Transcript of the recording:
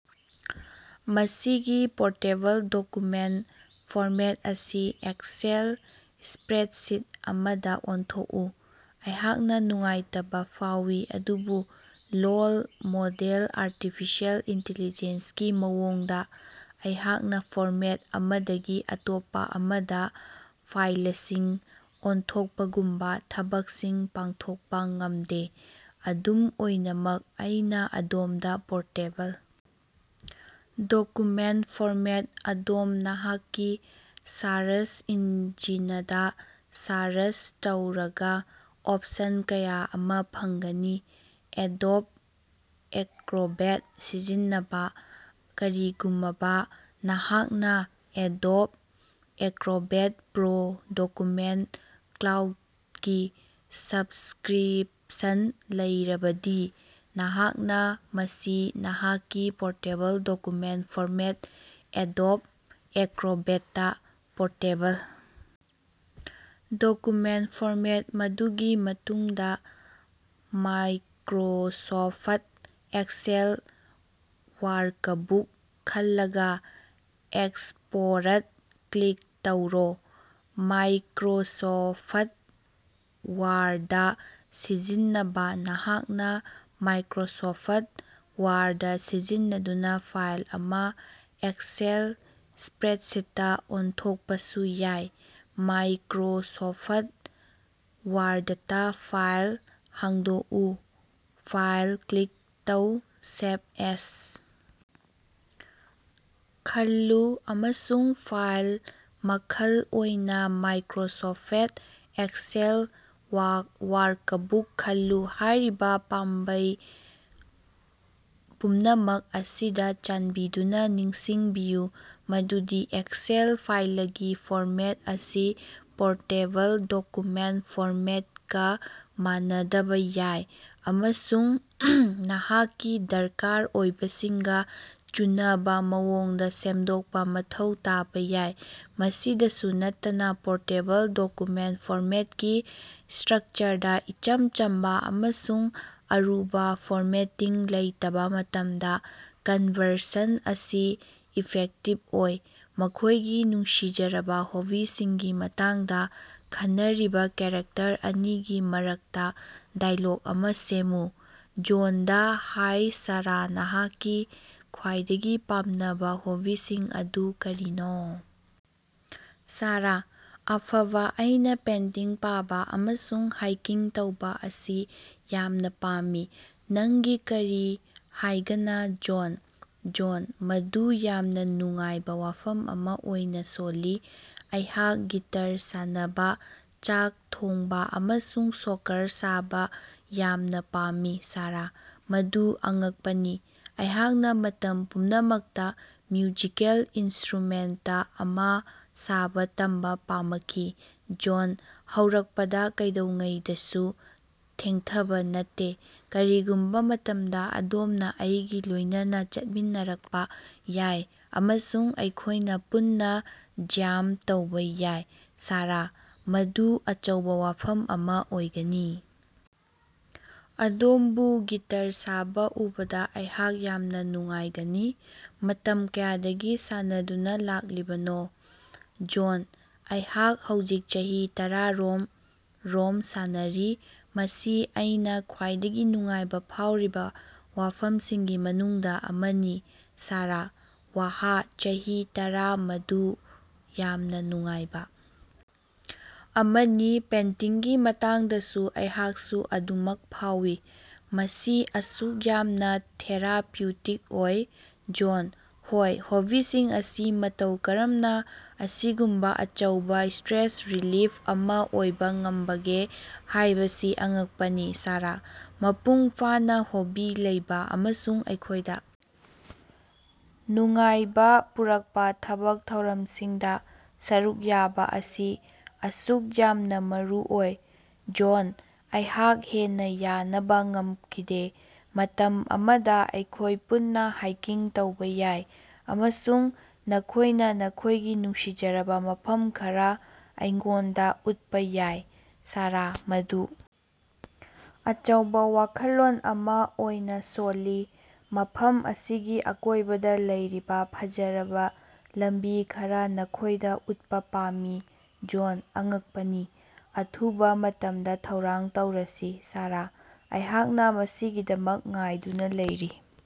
ꯃꯁꯤꯒꯤ portable document format ꯑꯁꯤ Excel spreadsheet ꯑꯃꯗꯥ ꯑꯣꯟꯊꯣꯛꯎ꯫ ꯑꯩꯍꯥꯛꯅꯥ ꯅꯨꯡꯉꯥꯏꯇꯕꯥ ꯐꯥꯎꯏ ꯑꯗꯨꯕꯨ ꯂꯣꯜ ꯃꯣꯗꯦꯜ ꯑꯥꯔꯇꯤꯐꯤꯁꯤꯌꯦꯜ ꯏꯟꯇꯤꯂꯤꯖꯦꯟꯁꯀꯤ ꯃꯑꯣꯡꯗꯥ ꯑꯩꯍꯥꯛꯅꯥ ꯐꯣꯔꯃꯦꯠ ꯑꯃꯗꯒꯤ ꯑꯇꯣꯞꯄꯥ ꯑꯃꯗꯥ ꯐꯥꯏꯂꯁꯤꯡ ꯑꯣꯟꯊꯣꯛꯄꯒꯨꯝꯕꯥ ꯊꯕꯛꯁꯤꯡ ꯄꯥꯡꯊꯣꯛꯄꯥ ꯉꯝꯗꯦ꯫ ꯑꯗꯨꯝ ꯑꯣꯏꯅꯃꯛ ꯑꯩꯅꯥ ꯑꯗꯣꯝꯗꯥ ꯄꯣꯔꯇꯦꯕꯜ ꯗꯣꯀꯨꯃꯦꯟꯠ ꯐꯣꯔꯃꯦꯠ ꯑꯗꯣꯝ ꯅꯍꯥꯛꯀꯤ ꯁꯥꯔꯆ ꯏꯟꯖꯤꯅꯗꯥ ꯁꯥꯔꯆ ꯇꯧꯔꯒꯥ ꯑꯣꯞꯁꯟ ꯀꯌꯥ ꯑꯃꯥ ꯐꯪꯒꯅꯤ꯫ ꯑꯦꯗꯣꯕ ꯑꯦꯀ꯭ꯔꯣꯕꯦꯠ ꯁꯤꯖꯤꯟꯅꯕꯥ ꯀꯔꯤꯒꯨꯃꯕꯥ ꯅꯍꯥꯛꯅꯥ ꯑꯦꯗꯣꯕ ꯑꯦꯀ꯭ꯔꯣꯕꯦꯠ ꯄ꯭ꯔꯣ ꯗꯣꯀꯨꯃꯦꯟꯠ ꯀ꯭ꯂꯥꯎꯗꯀꯤ ꯁꯕꯁꯀ꯭ꯔꯤꯄꯁꯟ ꯂꯩꯔꯕꯗꯤ ꯅꯍꯥꯛꯅꯥ ꯃꯁꯤ ꯅꯍꯥꯛꯀꯤ ꯄꯣꯔꯇꯦꯕꯜ ꯗꯣꯀꯨꯃꯦꯟꯠ ꯐꯣꯔꯃꯦꯠ ꯑꯦꯗꯣꯕ ꯑꯦꯀ꯭ꯔꯣꯕꯦꯠꯇꯥ ꯄꯣꯔꯇꯦꯕꯜ ꯗꯣꯀꯨꯃꯦꯟꯠ ꯐꯣꯔꯃꯦꯠ ꯃꯗꯨꯒꯤ ꯃꯇꯨꯡꯗꯥ ꯃꯥꯏꯀ꯭ꯔꯣꯁꯣꯐꯠ ꯑꯦꯛꯁꯦꯜ ꯋꯥꯔꯀꯕꯨꯛ ꯈꯜꯂꯒꯥ ꯑꯦꯛꯁꯄꯣꯔꯠ ꯀ꯭ꯂꯤꯛ ꯇꯧꯔꯣ꯫ ꯃꯥꯏꯀ꯭ꯔꯣꯁꯣꯐꯠ ꯋꯥꯔꯗ ꯁꯤꯖꯤꯟꯅꯕꯥ ꯅꯍꯥꯛꯅꯥ ꯃꯥꯏꯀ꯭ꯔꯣꯁꯣꯐꯠ ꯋꯥꯔꯗ ꯁꯤꯖꯤꯟꯅꯗꯨꯅꯥ ꯐꯥꯏꯜ ꯑꯃꯥ ꯑꯦꯛꯁꯦꯜ ꯁ꯭ꯄꯔꯦꯗꯁꯤꯠꯇꯥ ꯑꯣꯟꯊꯣꯛꯄꯁꯨ ꯌꯥꯏ꯫ ꯃꯥꯏꯀ꯭ꯔꯣꯁꯣꯐꯠ ꯋꯥꯔꯗꯇꯥ ꯐꯥꯏꯜ ꯍꯥꯡꯗꯣꯛꯎ ꯐꯥꯏꯜ ꯀ꯭ꯂꯤꯛ ꯇꯧ ꯁꯦꯚ ꯑꯦꯖ ꯈꯜꯂꯨ ꯑꯃꯁꯨꯡ ꯐꯥꯏꯜ ꯃꯈꯜ ꯑꯣꯏꯅꯥ "ꯃꯥꯏꯀ꯭ꯔꯣꯁꯣꯐꯠ ꯑꯦꯛꯁꯦꯜ ꯋꯥꯔꯀꯕꯨꯛ ꯈꯜꯂꯨ꯫ ꯍꯥꯏꯔꯤꯕꯥ ꯄꯥꯝꯕꯩ ꯄꯨꯝꯅꯃꯛ ꯑꯁꯤꯗꯥ ꯆꯥꯟꯕꯤꯗꯨꯅꯥ ꯅꯤꯡꯁꯤꯡꯕꯤꯌꯨ ꯃꯗꯨꯗꯤ ꯑꯦꯛꯁꯦꯜ ꯐꯥꯏꯂꯒꯤ ꯐꯣꯔꯃꯦꯠ ꯑꯁꯤ ꯄꯣꯔꯇꯦꯕꯜ ꯗꯣꯀꯨꯃꯦꯟꯠ ꯐꯣꯔꯃꯦꯠꯀꯥ ꯃꯥꯟꯅꯗꯕꯥ ꯌꯥꯏ ꯑꯃꯁꯨꯡ ꯅꯍꯥꯛꯀꯤ ꯗꯔꯀꯥꯔ ꯑꯣꯏꯕꯁꯤꯡꯒꯥ ꯆꯨꯅꯕꯥ ꯃꯑꯣꯡꯗꯥ ꯁꯦꯝꯗꯣꯛꯄꯥ ꯃꯊꯧ ꯇꯥꯕꯥ ꯌꯥꯏ꯫ ꯃꯁꯤꯗꯁꯨ ꯅꯠꯇꯅꯥ ꯄꯣꯔꯇꯦꯕꯜ ꯗꯣꯀꯨꯃꯦꯟꯠ ꯐꯣꯔꯃꯦꯠꯀꯤ ꯁ꯭ꯇꯔꯛꯆꯔꯗꯥ ꯏꯆꯝ ꯆꯝꯕꯥ ꯑꯃꯁꯨꯡ ꯑꯔꯨꯕꯥ ꯐꯣꯔꯃꯦꯇꯤꯡ ꯂꯩꯇꯕꯥ ꯃꯇꯝꯗꯥ ꯀꯟꯕꯔꯁꯟ ꯑꯁꯤ ꯏꯐꯦꯛꯇꯤꯕ ꯑꯣꯏ꯫ ꯃꯈꯣꯏꯒꯤ ꯅꯨꯡꯁꯤꯖꯔꯕꯥ ꯍꯣꯕꯤꯁꯤꯡꯒꯤ ꯃꯇꯥꯡꯗꯥ ꯈꯟꯅꯔꯤꯕꯥ ꯀꯦꯔꯦꯛꯇꯔ ꯑꯅꯤꯒꯤ ꯃꯔꯛꯇꯥ ꯗꯥꯏꯂꯣꯒ ꯑꯃꯥ ꯁꯦꯝꯃꯨ꯫ ꯖꯣꯟꯗꯥ: ꯍꯥꯏ ꯁꯥꯔꯥ ꯅꯍꯥꯛꯀꯤ ꯈ꯭ꯋꯥꯏꯗꯒꯤ ꯄꯥꯝꯅꯕꯥ ꯍꯣꯕꯤꯁꯤꯡ ꯑꯗꯨ ꯀꯔꯤꯅꯣ? ꯁꯥꯔꯥ: ꯑꯐꯕ ꯑꯩꯅꯥ ꯄꯦꯟꯇꯤꯡ ꯄꯥꯕꯥ ꯑꯃꯁꯨꯡ ꯍꯥꯏꯀꯤꯡ ꯇꯧꯕꯥ ꯑꯁꯤ ꯌꯥꯝꯅꯥ ꯄꯥꯝꯃꯤ꯫ ꯅꯪꯒꯤ ꯀꯔꯤ ꯍꯥꯏꯒꯅ ꯖꯣꯟ? ꯖꯣꯟ: ꯃꯗꯨ ꯌꯥꯝꯅꯥ ꯅꯨꯡꯉꯥꯏꯕꯥ ꯋꯥꯐꯝ ꯑꯃꯥ ꯑꯣꯏꯅꯥ ꯁꯣꯜꯂꯤ꯫ ꯑꯩꯍꯥꯛ ꯒꯤꯇꯔ ꯁꯥꯟꯅꯕꯥ ꯆꯥꯛ ꯊꯣꯡꯕꯥ ꯑꯃꯁꯨꯡ ꯁꯣꯀꯔ ꯁꯥꯕꯥ ꯌꯥꯝꯅꯥ ꯄꯥꯝꯃꯤ꯫ ꯁꯥꯔꯥ: ꯃꯗꯨ ꯑꯉꯛꯄꯅꯤ꯫ ꯑꯩꯍꯥꯛꯅꯥ ꯃꯇꯝ ꯄꯨꯝꯅꯃꯛꯇꯥ ꯃ꯭ꯌꯨꯖꯤꯀꯦꯜ ꯏꯟꯁꯇ꯭ꯔꯨꯃꯦꯟꯇ ꯑꯃꯥ ꯁꯥꯕꯥ ꯇꯝꯕꯥ ꯄꯥꯃꯈꯤ꯫ ꯖꯣꯟ: ꯍꯧꯔꯛꯄꯗꯥ ꯀꯩꯗꯧꯉꯩꯗꯁꯨ ꯊꯦꯡꯊꯕꯥ ꯅꯠꯇꯦ꯫ ꯀꯔꯤꯒꯨꯝꯕꯥ ꯃꯇꯝꯗꯥ ꯑꯗꯣꯝꯅꯥ ꯑꯩꯒꯥ ꯂꯣꯏꯅꯅꯥ ꯆꯠꯃꯤꯟꯅꯔꯛꯄꯥ ꯌꯥꯏ ꯑꯃꯁꯨꯡ ꯑꯩꯈꯣꯏꯅꯥ ꯄꯨꯟꯅꯥ ꯖ꯭ꯌꯥꯝ ꯇꯧꯕꯥ ꯌꯥꯏ꯫ ꯁꯥꯔꯥ: ꯃꯗꯨ ꯑꯆꯧꯕꯥ ꯋꯥꯐꯝ ꯑꯃꯥ ꯑꯣꯏꯒꯅꯤ! ꯑꯗꯣꯝꯕꯨ ꯒꯤꯇꯔ ꯁꯥꯕꯥ ꯎꯕꯗꯥ ꯑꯩꯍꯥꯛ ꯌꯥꯝꯅꯥ ꯅꯨꯡꯉꯥꯏꯒꯅꯤ꯫ ꯃꯇꯝ ꯀꯌꯥꯗꯒꯤ ꯁꯥꯟꯅꯗꯨꯅꯥ ꯂꯥꯛꯂꯤꯕꯅꯣ? ꯖꯣꯟ: ꯑꯩꯍꯥꯛ ꯍꯧꯖꯤꯛ ꯆꯍꯤ ꯇꯔꯥꯔꯣꯝ ꯔꯣꯝ ꯁꯥꯟꯅꯔꯤ꯫ ꯃꯁꯤ ꯑꯩꯅꯥ ꯈ꯭ꯋꯥꯏꯗꯒꯤ ꯅꯨꯡꯉꯥꯏꯕꯥ ꯐꯥꯎꯔꯤꯕꯥ ꯋꯥꯐꯝꯁꯤꯡꯒꯤ ꯃꯅꯨꯡꯗꯥ ꯑꯃꯅꯤ꯫ ꯁꯥꯔꯥ: ꯋꯥꯍ ꯆꯍꯤ ꯇꯔꯥ ꯃꯗꯨ ꯌꯥꯝꯅꯥ ꯅꯨꯡꯉꯥꯏꯕꯥ ꯑꯃꯅꯤ꯫ ꯄꯦꯟꯇꯤꯡꯒꯤ ꯃꯇꯥꯡꯗꯁꯨ ꯑꯩꯍꯥꯛꯁꯨ ꯑꯗꯨꯃꯛ ꯐꯥꯎꯏ꯫ ꯃꯁꯤ ꯑꯁꯨꯛ ꯌꯥꯝꯅꯥ ꯊꯦꯔꯥꯄ꯭ꯌꯨꯇꯤꯛ ꯑꯣꯏ꯫ ꯖꯣꯟ: ꯍꯣꯏ ꯍꯣꯕꯤꯁꯤꯡ ꯑꯁꯤ ꯃꯇꯧ ꯀꯔꯝꯅꯥ ꯑꯁꯤꯒꯨꯝꯕꯥ ꯑꯆꯧꯕꯥ ꯁ꯭ꯇꯔꯦꯁ ꯔꯤꯂꯤꯐ ꯑꯃꯥ ꯑꯣꯏꯕꯥ ꯉꯝꯕꯒꯦ ꯍꯥꯏꯕꯁꯤ ꯑꯉꯛꯄꯅꯤ꯫ ꯁꯥꯔꯥ: ꯃꯄꯨꯡ ꯐꯥꯅꯥ ꯍꯣꯕꯤ ꯂꯩꯕꯥ ꯑꯃꯁꯨꯡ ꯑꯩꯈꯣꯏꯗꯥ ꯅꯨꯡꯉꯥꯏꯕꯥ ꯄꯨꯔꯛꯄꯥ ꯊꯥꯕꯛ ꯊꯧꯔꯝꯁꯤꯡꯗꯥ ꯁꯔꯨꯛ ꯌꯥꯕꯥ ꯑꯁꯤ ꯑꯁꯨꯛ ꯌꯥꯝꯅꯥ ꯃꯔꯨꯑꯣꯏ꯫ ꯖꯣꯟ: ꯑꯩꯍꯥꯛ ꯍꯦꯟꯅꯥ ꯌꯥꯅꯕꯥ ꯉꯝꯈꯤꯗꯦ꯫ ꯃꯇꯝ ꯑꯃꯗꯥ ꯑꯩꯈꯣꯏ ꯄꯨꯟꯅꯥ ꯍꯥꯏꯀꯤꯡ ꯇꯧꯕꯥ ꯌꯥꯏ ꯑꯃꯁꯨꯡ ꯅꯈꯣꯏꯅꯥ ꯅꯈꯣꯏꯒꯤ ꯅꯨꯡꯁꯤꯖꯔꯕꯥ ꯃꯐꯝ ꯈꯔꯥ ꯑꯩꯉꯣꯟꯗꯥ ꯎꯠꯄꯥ ꯌꯥꯏ꯫ ꯁꯥꯔꯥ: ꯃꯗꯨ ꯑꯆꯧꯕꯥ ꯋꯥꯈꯜꯂꯣꯟ ꯑꯃꯥ ꯑꯣꯏꯅꯥ ꯁꯣꯜꯂꯤ꯫ ꯃꯐꯝ ꯑꯁꯤꯒꯤ ꯑꯀꯣꯏꯕꯗꯥ ꯂꯩꯔꯤꯕꯥ ꯐꯖꯔꯕꯥ ꯂꯝꯕꯤ ꯈꯔꯥ ꯅꯈꯣꯏꯗꯥ ꯎꯠꯄꯥ ꯄꯥꯝꯃꯤ꯫ ꯖꯣꯟ: ꯑꯉꯛꯄꯅꯤ꯫ ꯑꯊꯨꯕꯥ ꯃꯇꯝꯗꯥ ꯊꯧꯔꯥꯡ ꯇꯧꯔꯁꯤ꯫ ꯁꯥꯔꯥ: ꯑꯩꯍꯥꯛꯅꯥ ꯃꯁꯤꯒꯤꯗꯃꯛ ꯉꯥꯏꯗꯨꯅꯥ ꯂꯩꯔꯤ꯫